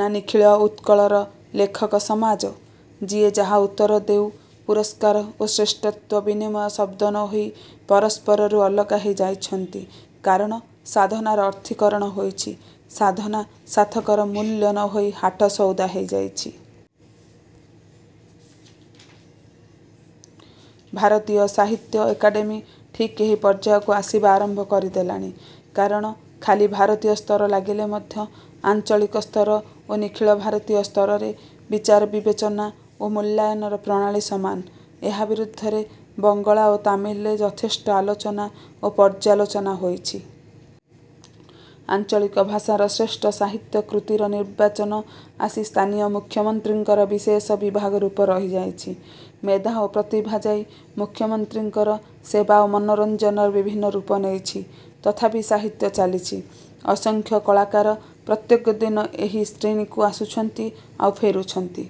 ନା ନିଖିଳ ଉତ୍କଳର ଲେଖକ ସମାଜ।? ଯିଏ ଯାହା ଉତ୍ତର ଦେଉ ପୁରସ୍କାର ଓ ଶ୍ରେଷ୍ଠତ୍ୱ ବିନିମୟ ଶଦ୍ଦ ନ ହୋଇ ପରସ୍ପରରୁ ଅଲଗା ହେଇ ଯାଇଛନ୍ତି। କାରଣ ସାଧନାର ଅର୍ଥୀକରଣ ହୋଇଛି। ସାଧନା ସାଧକର ମୂଲ୍ୟ ନ ହୋଇ ହାଟ ସଉଦା ହେଇଯାଇଛି। ଭାରତୀୟ ସାହିତ୍ୟ ଏକାଡେମି ଠିକ୍ ଏହି ପର୍ଯ୍ୟାୟକୁ ଆସିବା ଆରମ୍ଭ କରି ଦେଲାଣି। କାରଣ ଖାଲି ଭାରତୀୟ ସ୍ତର ଲାଗିଲେ ମଧ୍ୟ ଆଞ୍ଚଳିକ ସ୍ତର ଓ ନିଖିଳ ଭାରତୀୟ ସ୍ତରରେ ବିଚାର ବିବେଚନା ଓ ମୂଲ୍ୟାୟନର ପ୍ରଣାଳୀ ସମାନ। ଏହା ବିରୁଦ୍ଧରେ ବଙ୍ଗଳା ଓ ତାମିଲରେ ଯଥେଷ୍ଟ ଆଲୋଚନା ଓ ପର୍ଯ୍ୟାଲୋଚନା ହୋଇଛି। ଆଞ୍ଚଳିକ ଭାଷାର ଶ୍ରେଷ୍ଠ ସାହିତ୍ୟ କୃତିର ନିର୍ବାଚନ ଆସି ସ୍ଥାନୀୟ ମୁଖ୍ୟମନ୍ତ୍ରୀଙ୍କର ବିଶେଷ ବିଭାଗ ରୂପେ ରହିଯାଇଛି। ମେଧା ଓ ପ୍ରତିଭା ଯାଇ ମୁଖ୍ୟମନ୍ତ୍ରୀଙ୍କର ସେବା ଓ ମନୋରଞ୍ଜନର ବିଭିନ୍ନ ରୂପ ନେଇଛି। ତଥାପି ସାହିତ୍ୟ ଚାଲିଛି। ଅସଂଖ୍ୟ କଳାକାର ପ୍ରତ୍ୟେକ ଦିନ ଏହି ଶ୍ରୀଣୀକୁ ଆସୁଛନ୍ତି ଆଉ ଫେରୁଛନ୍ତି।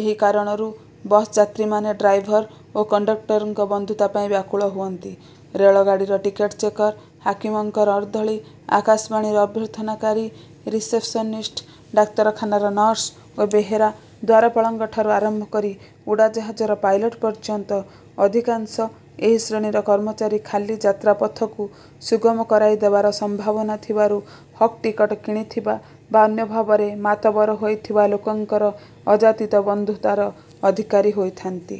ଏହି କାରଣରୁ ବସ୍ ଯାତ୍ରୀମାନେ ଡ୍ରାଇଭର ଓ କଣ୍ତକ୍ଟରଙ୍କ ବନ୍ଧୁତା ପାଇଁ ବ୍ୟାକୁଳ ହୁଅନ୍ତି। ରେଳଗାଡ଼ିର ଟିକଟ ଚେକର, ହାକିମଙ୍କର ଅର୍ଦ୍ଦଳୀ ଆକାଶବାଣୀର ଅଭ୍ୟର୍ଥନାକାରୀ ରିସେପସନିଷ୍ଟ, ଡାକ୍ତରଖାନାର ନର୍ସ ଓ ବେହେରା, ଦ୍ୱାରପାଳଙ୍କଠାରୁ ଆରମ୍ଭ କରି ଉଡ଼ାଜାହାଜର ପାଇଲଟ ପର୍ଯ୍ୟନ୍ତ ଅଧିକାଂଶ ଏହି ଶ୍ରେଣୀର କର୍ମଚାରୀ ଖାଲି ଯାତ୍ରାପଥକୁ ସୁଗମ କରାଇ ଦେବାର ସମ୍ଭାବନା ଥିବାରୁ ହକ୍ ଟିକଟ୍ କିଣିଥିବା ବା ଅନ୍ୟ ଭାବରେ ମାତବର ହୋଇଥିବା ଲୋକଙ୍କର ଅଯାଚିତ ବନ୍ଧୁତାର ଅଧିକାରୀ ହୋଇଥାନ୍ତି।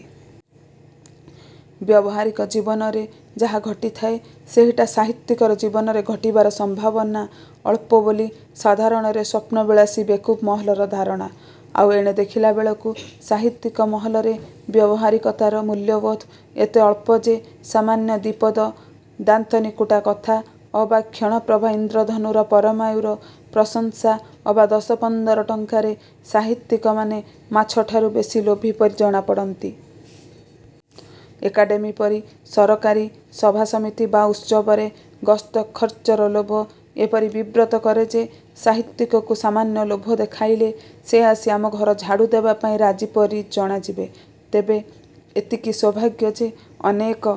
ବ୍ୟବହାରିକ ଜୀବନରେ ଯାହା ଘଟିଥାଏ ସେଇଟା ସାହିତିକର ଜୀବନରେ ଘଟିବାର ସମ୍ଭାବନା ଅଳ୍ପ ବୋଲି ସାଧାରଣରେ ସ୍ୱପ୍ନବିଳାସୀ ବେକୁବ୍ ମହଲର ଧାରଣା। ଆଉ ଏଣେ ଦେଖିଲା ବେଳକୁ ସାହିତିକ ମହଲରେ ବ୍ୟବହାରିକତାର ମୂଲ୍ୟବୋଧ ଏତେ ଅଳ୍ପ ଯେ ସାମାନ୍ୟ ଦି'ପଦ ଦାନ୍ତନିକୁଟା କଥା ଅବା କ୍ଷଣପ୍ରଭା ଇନ୍ଦ୍ରଧନୁର ପରମାୟୁର ପ୍ରଶଂସା ଅବା ଦଶ ପନ୍ଦର ଟଙ୍କାରେ ସାହିତିକମାନେ ମାଛଠାରୁ ବେଶି ଲୋଭୀ ପରି ଜଣାପଡ଼ନ୍ତି। ଏକାଡେମି ପରି ସରକାରୀ ସଭାସମିତି ବା ଉତ୍ସବରେ ଗସ୍ତ ଖର୍ଚ୍ଚର ଲୋଭ ଏପରି ବିବ୍ରତ କରେ ଯେ ସାହିତିକକୁ ସାମାନ୍ୟ ଲୋଭ ଦେଖାଇଲେ ସେ ଆସି ଆମ ଘର ଝାଡ଼ୁ ଦେବା ପାଇଁ ରାଜି ପରି ଜଣାଯିବେ। ତେବେ ଏତିକି ସୌଭାଗ୍ୟ ଯେ ଅନେକ